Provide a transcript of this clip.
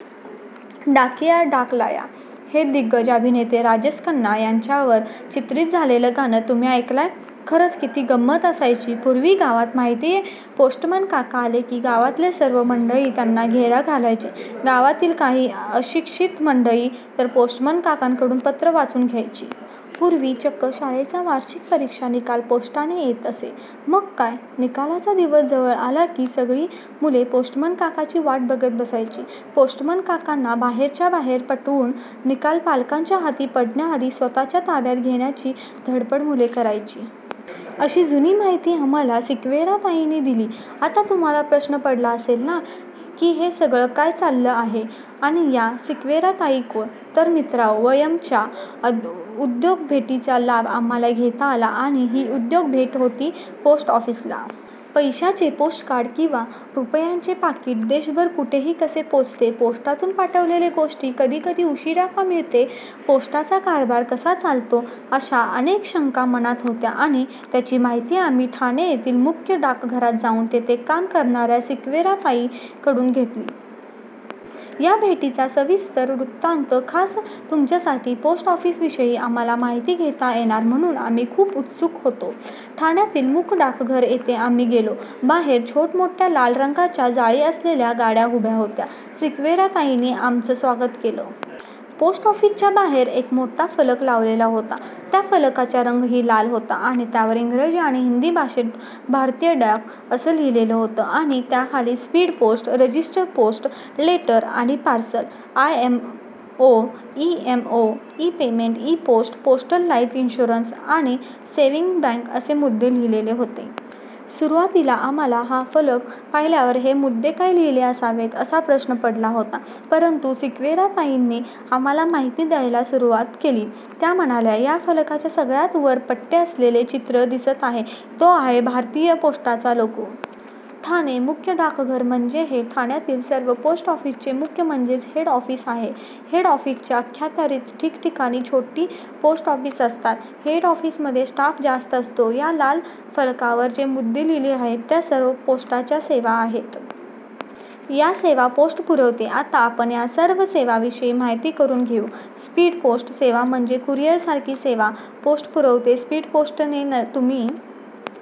डाकिया डाक लाया... ' हे दिग्गज अभिनेते राजेश खन्ना यांच्यावर चित्रित झालेलं गाणं तुम्ही ऐकलय? खरंच किती गंमत असायची पूर्वी गावात माहितीये? पोस्टमन काका आले की गावातील सर्व मंडळी त्यांना घेरा घालायची. गावातील काही अशिक्षित मंडळी तर पोस्टमन काकांकडून पत्र वाचून घ्यायची. पूर्वी चक्क शाळेच्या वार्षिक परीक्षेचा निकाल पोस्टाने येत असे. मग काय, निकालाचा दिवस जवळ आला की, सगळी मुले पोस्टमन काकांची वाट बघत बसायची. पोस्टमन काकांना बाहेरच्या बाहेर पटवून निकाल पालकांच्या हाती पडण्याआधी स्वतःच्या ताब्यात घेण्याची धडपड मुले करायची.... अशी जुनी माहिती आम्हांला सिक्वेरा ताईनी दिली. आता तुम्हांला प्रश्न पडला असेल ना, की हे सगळं काय चाललं आहे आणि या सिक्वेरा ताई कोण? तर मित्रहो, 'वयम्'च्या उद्योग भेटीचा लाभ आम्हांला घेता आला आणि ही उद्योग भेट होती पोस्ट ऑफिसला. पैशांचे पोस्टकार्ड किंवा रुपयांचे पाकीट देशभर कुठेही कसे पोचते, पोस्टातून पाठवलेली गोष्ट कधी कधी उशिरा का मिळते, पोस्टाचा कारभार कसा चालतो- अशा अनेक शंका मनात होत्या आणि त्याची माहिती आम्ही ठाणे येथील मुख्य डाकघरात जाऊन तिथे काम करणाऱ्या सिक्वेरा ताईंकडून घेतली. या भेटीचा सविस्तर वृत्तान्त खास तुमच्यासाठी... पोस्ट ऑफिसविषयी आम्हांला माहिती घेता येणार म्हणून आम्ही खूप उत्सुक होतो. ठाण्यातील मुख्य डाकघर येथे आम्ही गेलो. बाहेर छोट्या-मोठ्या लाल रंगाच्या जाळी असलेल्या गाड्या उभ्या होत्या. सिक्वेरा ताईनी आमचं स्वागत केलं. पोस्ट ऑफिसच्या बाहेर एक मोठा फलक लावलेला होता. त्या फलकाचा रंगही लाल होता आणि त्यावर इंगजी आणि हिंदी भाषेत 'भारतीय डाक', '' असं लिहिलेलं होतं आणि त्याखाली speed post, register post, letter आणि parcel, IMO, E- MO, e payment, e post, postal life insurance आणि सेव्हिंग बँक असे मुद्दे लिहलेले होते. सुरुवातीला आम्हांला हा फलक पाहिल्यावर हे मुद्दे का लिहले असावेत, असा प्रश्न पडला होता. परंतु सिक्वेरा ताईनी आम्हांला माहिती द्यायला सुरुवात केली. त्या म्हणाल्या, "या फलकाच्या सगळ्यात वर पट्टे असलेलं चित्र दिसतं आहे, तो आहे भारतीय पोस्टाचा लोगो! ठाणे मुख्य डाकघर म्हणजे हे ठाण्यातील सर्व पोस्ट ऑफिसचे मुख्य म्हणजेच हेड ऑफिस आहे. हेड ऑफिसच्या अख्यात्यारीत ठीकाठीकाणची छोटी पोस्ट ऑफिस असतात. हेड ऑफिसमध्ये स्टाफ जास्त असतो. या लाल फलकावर जे मुद्दे लिहिले आहेत, त्या सर्व पोस्टाच्या सेवा आहेत. या सेवा पोस्ट पुरवते. आता आपण या सर्व सेवांविषयी माहिती करुन घेऊ. स्पीड पोस्ट सेवा म्हणजे कुरियर सारखी सेवा पोस्ट पुरवते. स्पीड पोस्ट ने तुम्ही